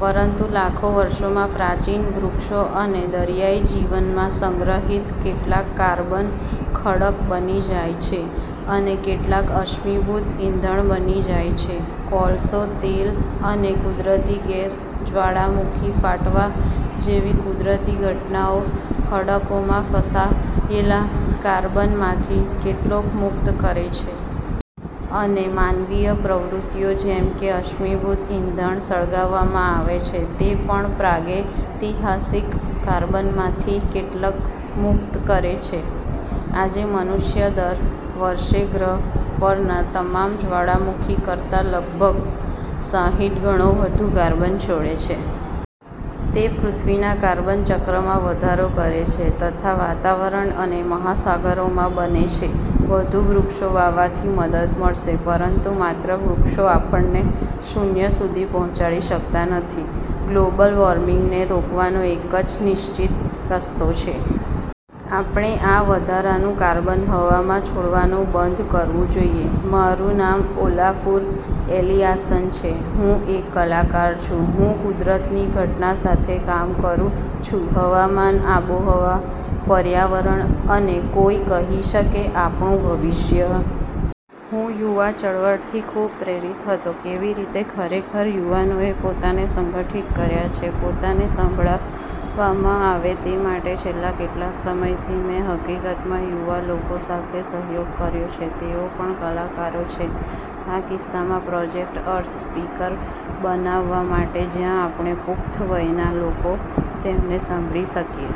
પરંતુ લાખો વર્ષોમાં, પ્રાચીન વૃક્ષો અને દરિયાઈ જીવનમાં સંગ્રહિત કેટલાક કાર્બન ખડક બની જાય છે અને કેટલાક અશ્મિભૂત ઇંધણ બની જાય છે: કોલસો, તેલ અને કુદરતી ગેસ. જ્વાળામુખી ફાટવા જેવી કુદરતી ઘટનાઓ ખડકોમાં ફસાયેલા કાર્બનમાંથી કેટલોક મુક્ત કરે છે. અને માનવીય પ્રવૃતિઓ, જેમ કે અશ્મિભૂત ઇંધણ સળગાવવામાં આવે છે, તે પણ પ્રાગૈતિહાસિક કાર્બનમાંથી કેટલોક મુક્ત કરે છે. આજે, મનુષ્ય દર વર્ષે ગ્રહ પરના તમામ જ્વાળામુખી કરતાં લગભગ સાહીઠ ગણો વધુ કાર્બન છોડે છે. તે પૃથ્વીના કાર્બન ચક્રમાં વધારો કરે છે તથા વાતાવરણ અને મહાસાગરોમાં બને છે. વધુ વૃક્ષો વાવવાથી મદદ મળશે, પરંતુ માત્ર વૃક્ષો આપણને શુન્ય સુધી પહોંચાડી શકતા નથી. ગ્લોબલ વોર્મિંગને રોકવાનો એક જ નિશ્ચિત રસ્તો છે. આપણે આ વધારાનું કાર્બન હવામાં છોડવાનું બંધ કરવું જોઈએ. મારું નામ ઓલાફુર એલિઆસન છે. હું એક કલાકાર છું. હું કુદરતી ઘટના સાથે કામ કરું છું, હવામાન, આબોહવા, પર્યાવરણ અને કોઈ કહી શકે, આપણું ભવિષ્ય? હું યુવા ચળવળથી ખૂબ પ્રેરિત હતો, કેવી રીતે ખરેખર યુવાનોએ પોતાને સંગઠિત કર્યા છે, પોતાને સાંભળવામાં આવે તે માટે. છેલ્લા કેટલાક સમયથી, મેં હકીકતમાં યુવા લોકો સાથે સહયોગ કર્યો છે, તેઓ પણ કલાકારો છે, આ કિસ્સામાં પ્રોજેક્ટ "અર્થ સ્પીકર" બનાવવા માટે જ્યાં આપણે, પુખ્ત વયના લોકો, તેમને સાંભળી શકીએ.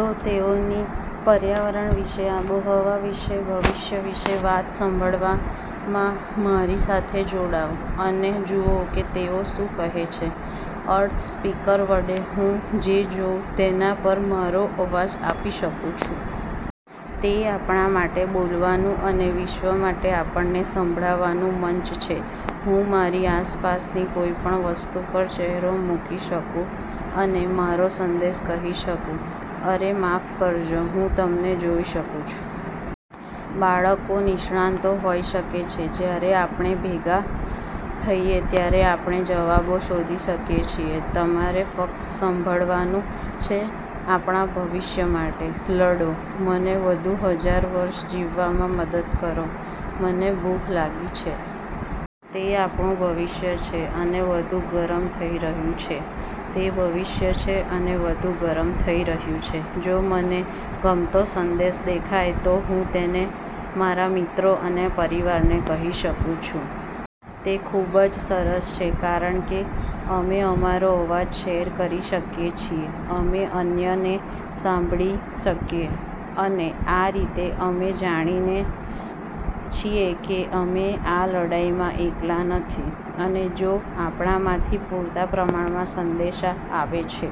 તો તેઓની પર્યાવરણ વિશે, આબોહવા વિશે, ભવિષ્ય વિશે વાત સાંભળવામાં મારી સાથે જોડાઓ અને જુઓ કે તેઓ શું કહે છે. "અર્થ સ્પીકર" વડે હું જે જોઉં, તેના પર મારો અવાજ આપી શકું છું. તે આપણા માટે બોલવાનું અને વિશ્વ માટે આપણને સાંભળવાનું મંચ છે. હું મારી આસપાસની કોઈપણ વસ્તુ પર ચહેરો મૂકી શકું અને મારો સંદેશ કહી શકું. અરે માફ કરજો, હું તમને જૉઈ શકું છું. બાળકો નિષ્ણાતો હોઈ શકે છે. જ્યારે આપણે ભેગા થઈએ, ત્યારે આપણે જવાબો શોધી શકીએ છીએ. તમારે ફક્ત સાંભળવાનું છે. આપણા ભવિષ્ય માટે લડો. મને વધુ હજારવર્ષ જીવવામાં મદદ કરો. મને ભૂખ લાગી છે! તે આપણું ભવિષ્ય છે, અને વધુ ગરમ થઈ રહ્યું છે. તે ભવિષ્ય છે, અને વધુ ગરમ થઈ રહ્યું છે. જો મને ગમતો સંદેશ દેખાય, તો હું તેને મારા મિત્રો અને પરિવારને કહી શકું છું. તે ખૂબ જ સરસ છે કારણ કે, અમે અમારો અવાજ શેર કરી શકીએ છીએ, અમે અન્યને સાંભળી શકીએ, અને આ રીતે અમે જાણીએ છીએ કે અમે આ લડાઈમાં એકલા નથી. અને જો આપણામાંથી પૂરતા પ્રમાણમાં સંદેશા આવે છે.